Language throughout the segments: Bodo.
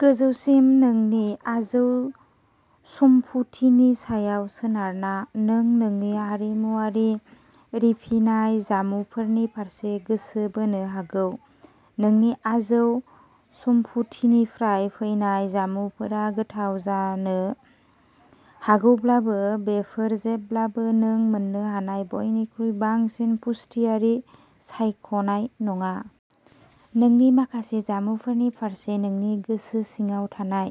गोजौसिम नोंनि आजौ सम्फुथिनि सायाव सोनारना, नों नोंनि हारिमुआरि रिफिनाय जामुफोरनि फारसे गोसो बोनो हागौ। नोंनि आजौ सम्फुथिनिफ्राय फैनाय जामुफोरा गोथाव जानो हागौब्लाबो, बेफोर जेब्लाबो नों मोननो हानाय बयनिख्रुइ बांसिन पुष्टियारि सायख'नाय नङा। नोंनि माखासे जामुफोरनि फारसे नोंनि गोसो सिङाव थानाय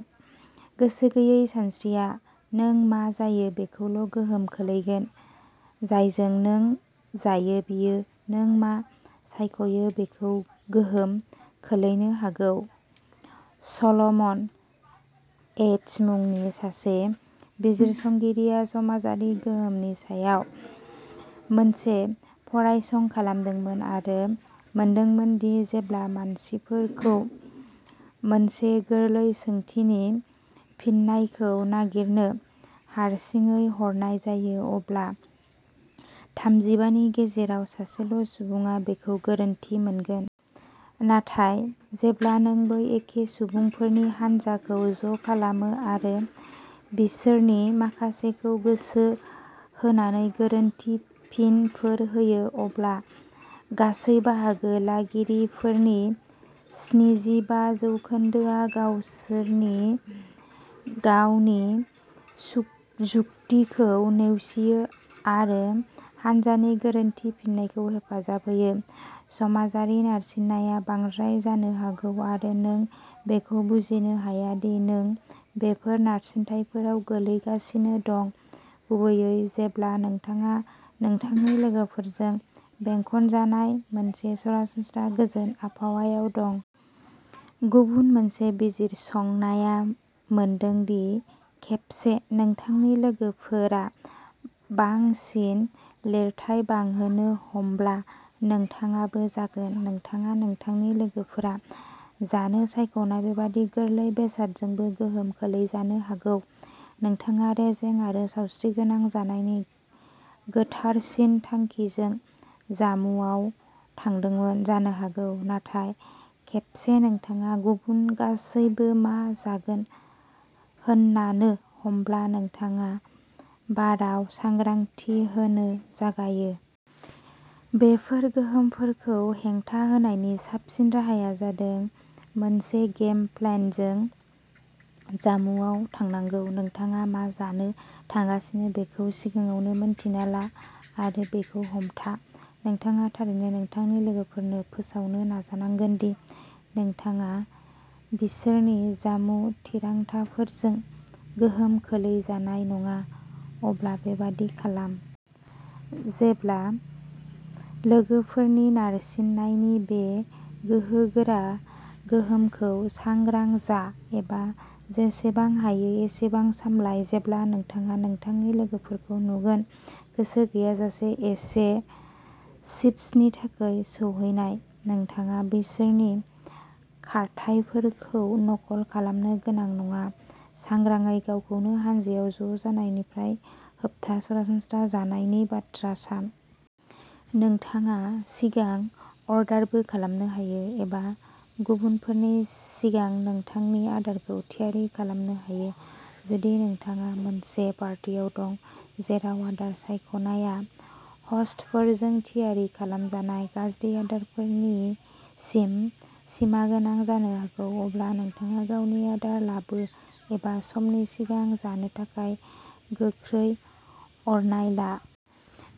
गोसो गैयै सानस्रिया नों मा जायो बेखौल'गोहोम खोलैगोन जायजों नों जायो बियो नों मा सायख'यो बेखौ गोहोम खोलैनो हागौ। सल'मन एद्श मुंनि सासे बिजिरसंगिरिआ समाजारि गोहोमनि सायाव मोनसे फरायसं खालामदोंमोन आरो मोनदोंमोन दि जेब्ला मानसिफोरखौ मोनसे गोरलै सोंथिनि फिननायखौ नागिरनो हारसिङै हरनाय जायो, अब्ला थामजिबा नि गेजेराव सासेल' सुबुङा बेखौ गोरोन्थि मोनगोन। नाथाय जेब्ला नों बै एखे सुबुंफोरनि हानजाखौ ज'खालामो आरो बिसोरनि माखासेखौ गोसो होनानै गोरोन्थि फिनफोर होयो, अब्ला गासै बाहागो लागिरिफोरनि स्निजिबा जौखोनदोआ गावसोरनि गावनि जुक जुक्तिखौ नेवसियो आरो हान्जानि गोरोन्थि फिननायखौ हेफाजाब होयो। समाजारि नारसिननाया बांद्राय जानो हागौ, आरो नों बेखौ बुजिनो हाया दि नों बेफोर नारसिनथायफोराव गोग्लैगासिनो दं, गुबैयै जेब्ला नोंथाङा नोंथांनि लोगोफोरजों बेंखनजानाय मोनसे सरासनस्रा, गोजोन आबहावायाव दं। गुबुन मोनसे बिजिरसंनाया मोनदों दि खेबसे नोंथांनि लोगोफोरा बांसिन लिरथाय बांहोनो हमब्ला, नोंथाङाबो जागोन। नोंथाङा नोंथांनि लोगोफोरा जानो सायख'नाय बेबायदि गोरलै बेसादजोंबो गोहोम खोलैजानो हागौ। नोंथाङा रेजें आरो सावस्रिगोनां जानायनि गोथारसिन थांखिजों जामुआव थांदोंमोन जानो हागौ, नाथाय खेबसे नोंथाङा गुबुन गासैबो मा जागोन होननानो हमब्ला, नोंथाङा बाराव सांग्रांथि होनो जागायो। बेफोर गोहोमफोरखौ हेंथा होनायनि साबसिन राहाया जादों मोनसे गेम प्लाइनजों जामुआव थांनांगौ। नोंथाङा मा जानो थांगासिनो बेखौ सिगाङावनो मोन्थिना ला, आरो बेखौ हमथा। नोंथाङा थारैनो नोंथांनि लोगोफोरनो फोसावनो नाजानांगोन दि नोंथाङा बिसोरनि जामुं थिरांथाफोरजों गोहोम खोलै जानाय नङा, अब्ला बेबादि खालाम। जेब्ला लोगोफोरनि नारसिननायनि बे गोहोगोरा गोहोमखौ सांग्रां जा, एबा जेसेबां हायो एसेबां सामलाय। जेब्ला नोंथाङा नोंथांनि लोगोफोरखौ नुगोन। गोसो गैयाजासे एसे चिप्सनि थाखाय सौहैनाय, नोंथाङा बिसोरनि खारथाइफोरखौ नखल खालामनो गोनां नङा। सांग्रांयै गावखौनो हानजायाव ज' जानायनिफ्राय होबथा सरासनस्रा जानायनि बाथ्रा सान। नोंथाङा सिगां अर्डारबो खालामनो हायो, एबा गुबुनफोरनि सिगां नोंथांनि आदारखौ थियारि खालामनो हायो। जुदि नोंथाङा मोनसे पार्टियाव दं जेराव आदार सायख'नायआ ह'स्टफोरजों थियारि खालामजानाय गाज्रि आदारफोरनिसिम सिमागोनां जानो हागौ अब्ला नोंथांनि गावनि आदार लाबो एबा समनि सिगां जानो थाखाय गोख्रै अरनाय ला।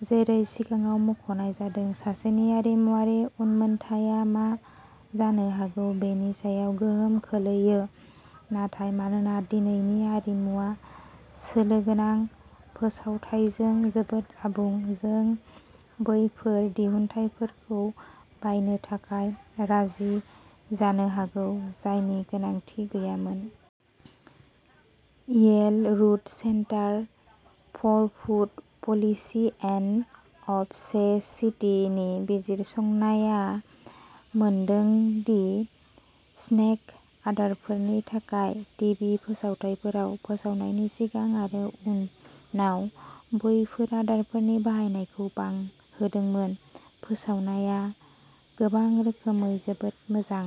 जेरै सिगाङाव मख'नाय जादों सासेनि आरिमुआरि उनमोनथाइया मा जानो हागौ बेनि सायाव गोहोम खोलैयो। नाथाय मानोना दिनैनि आरिमुआ सोलो गोनां फोसावथाइजों जोबोद आबुं, जों बैफोर दिहुनथायफोरखौ बायनो थाखाय राजि जानो हागौ जायनि गोनांथि गैयामोन। Yale Rudd Center for Food Policy and अबसेटिनि बिजिरसंनाया मोनदों दि स्नेक आदारफोरनि थाखाय टिभि फोसावथायफोराव फोसावनायनि सिगां आरो उनाव बैफोर आदारफोरनि बाहायनायखौ बांहोदोंमोन। फोसावनाया गोबां रोखोमै जोबोद मोजां।